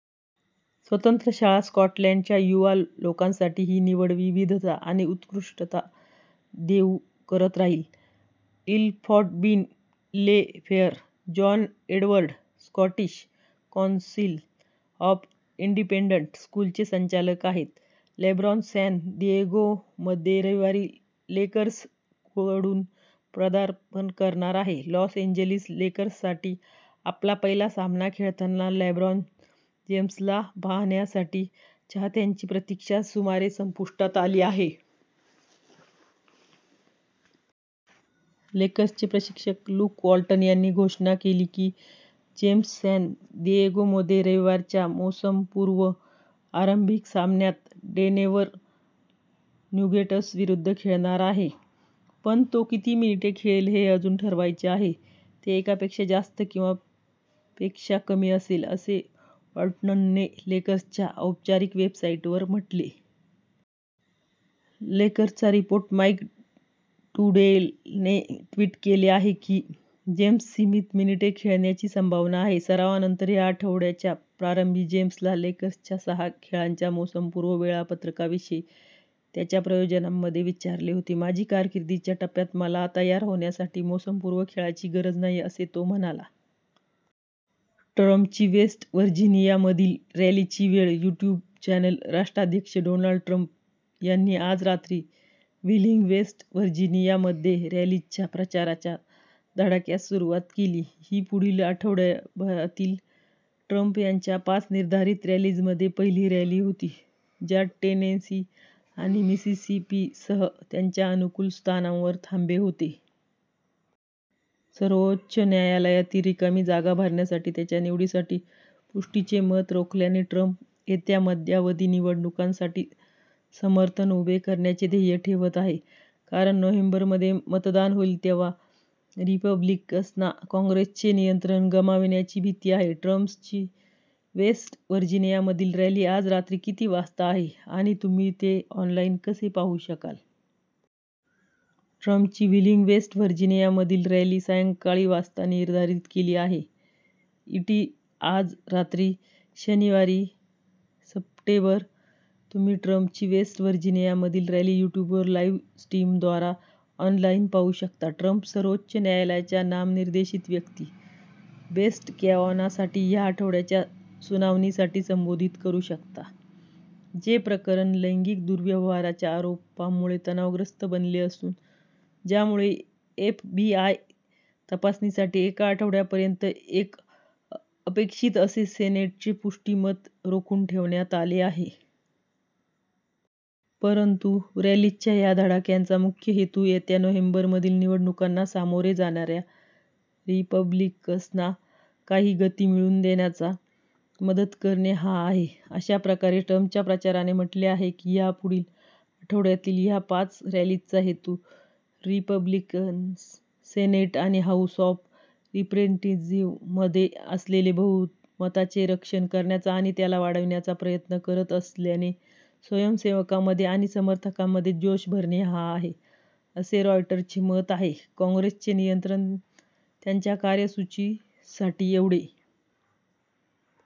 स्वतंत्र शाळा स्कॉटलंडच्या युवा लोकांसाठी ही निवड, विविधता आणि उत्कृष्टता देऊ करत राहील. इल फॉट बीन ले फेअर. John Edward Scottish council of independent स्कूल्सचे संचालक आहेत. लेब्रॉन सॅन दिएगोमध्ये रविवारी लेकर्सकडून पदार्पण करणार आहे लॉस एंजेलिस लेकर्ससाठी आपला पहिला सामना खेळताना लेब्रॉन जेम्सला पाहण्यासाठी चाहत्यांची प्रतीक्षा सुमारे संपुष्टात आली आहे. लेकर्सचे प्रशिक्षक ल्युक वाल्टन यांनी घोषणा केली की जेम्स सॅन दिएगोमध्ये रविवारच्या मोसमपूर्व आरंभिक सामन्यात डेनेव्हर नुगेट्सविरुद्ध खेळणार आहे. पण तो किती मिनिटे खेळेल हे अजून ठरवायचे आहे. "ते एकापेक्षा जास्त आणि पेक्षा कमी असेल," असे वाल्टनने लेकर्स"च्या औपचारिक वेबसाईटवर म्हटले. लेकर्सचा रिपोर्टर माईक ट्रुडेलने ट्विट केले आहे की जेम्स सीमित मिनिटे खेळण्याची संभावना आहे. सरावानंतर या आठवड्याच्या प्रारंभी जेम्सला लेकर्स"च्या सहा खेळांच्या मोसमपूर्व वेळापत्रकाविषयी त्याच्या योजनांबद्दल विचारले होते. "माझी कारकीर्दीच्या या टप्प्यात मला तयार होण्यासाठी मोसमपूर्व खेळाची गरज नाही," असे तो म्हणाला. ट्रम्पची वेस्ट व्हर्जिनियामधील रॅलीची वेळ, यूट्यूब चॅनल राष्ट्राध्यक्ष डोनाल्ड ट्रम्प यांनी आज रात्री व्हीलिंग, वेस्ट व्हर्जिनियामध्ये रॅलीजच्या प्रचाराच्या धडाक्यास सुरुवात केली. ही पुढील आठवड्यातील ट्रम्प यांच्या पाच निर्धारित रॅलीजपैकी पहिली रॅली होती, ज्यात टेनेसी आणि मिसिसिपीसह त्यांच्या अनुकूल स्थानांवर थांबे होते. सर्वोच्च न्यायालयातील रिकामी जागा भरण्यासाठी त्याच्या निवडीसाठी पुष्टीचे मत रोखल्याने, ट्रम्प येत्या मध्यावधी निवडणुकांसाठी समर्थन उभे करण्याचे ध्येय ठेवत आहेत, कारण नोव्हेंबरमध्ये मतदान होईल तेव्हा रिपब्लिकन्सना कॉंग्रेसचे नियंत्रण गमाविण्याची भीती आहे. ट्रम्पची वेस्ट व्हर्जिनियामधील रॅली आज रात्री किती वाजता आहे आणि तुम्ही ते ऑनलाईन कसे पाहू शकाल? ट्रम्पची व्हीलिंग, वेस्ट व्हर्जिनियामधील रॅली सायंकाळी वाजता निर्धारित केलेली आहे. ईटी आज रात्री, शनिवार, सप्टेंबर,. तुम्ही ट्रम्पची वेस्ट व्हर्जिनियामधील रॅली यूट्यूबवर लाइव्ह स्ट्रीमद्वारा ऑनलाईन पाहू शकता. ट्रम्प सर्वोच्च न्यायालयाच्या नामनिर्देशित व्यक्ती, ब्रेट कॅवानॉसाठी या आठवड्याच्या सुनावणीसाठी संबोधित करू शकतात, जे प्रकरण लैंगिक दुर्व्यवहाराच्या आरोपांमुळे तणावग्रस्त बनले असून, ज्यामुळे एफबीआय तपासणीसाठी एका आठवड्यापर्यंत एक अपेक्षित असे सेनेटचे पुष्टी मत रोखून ठेवण्यात आले आहे. परंतु रॅलीजच्या या धडक्यांचा मुख्य हेतू येत्या नोव्हेंबरमधील निवडणुकांना सामोरे जाणाऱ्या रिपब्लिकन्सना काही गति मिळवून देण्यात मदत करणे हा आहे. अशा प्रकारे, ट्रम्पच्या प्रचाराने म्हटले आहे की या पुढील आठवड्यातील या पाच रॅलीजचा हेतू "रिपब्लिकन्स सेनेट आणि हाऊस ऑफ रिप्रेझेंटेटिवजमध्ये असलेले बहुमताचे रक्षण करण्याचा आणि त्याला वाढविण्याचा प्रयत्न करत असल्याने, स्वयंसेवकांमध्ये आणि समर्थकांमध्ये जोश भरणे हा आहे," असे रॉयटरचे मत आहे. "कॉंग्रेसचे नियंत्रण त्यांच्या कार्यसूचीसाठी एवढे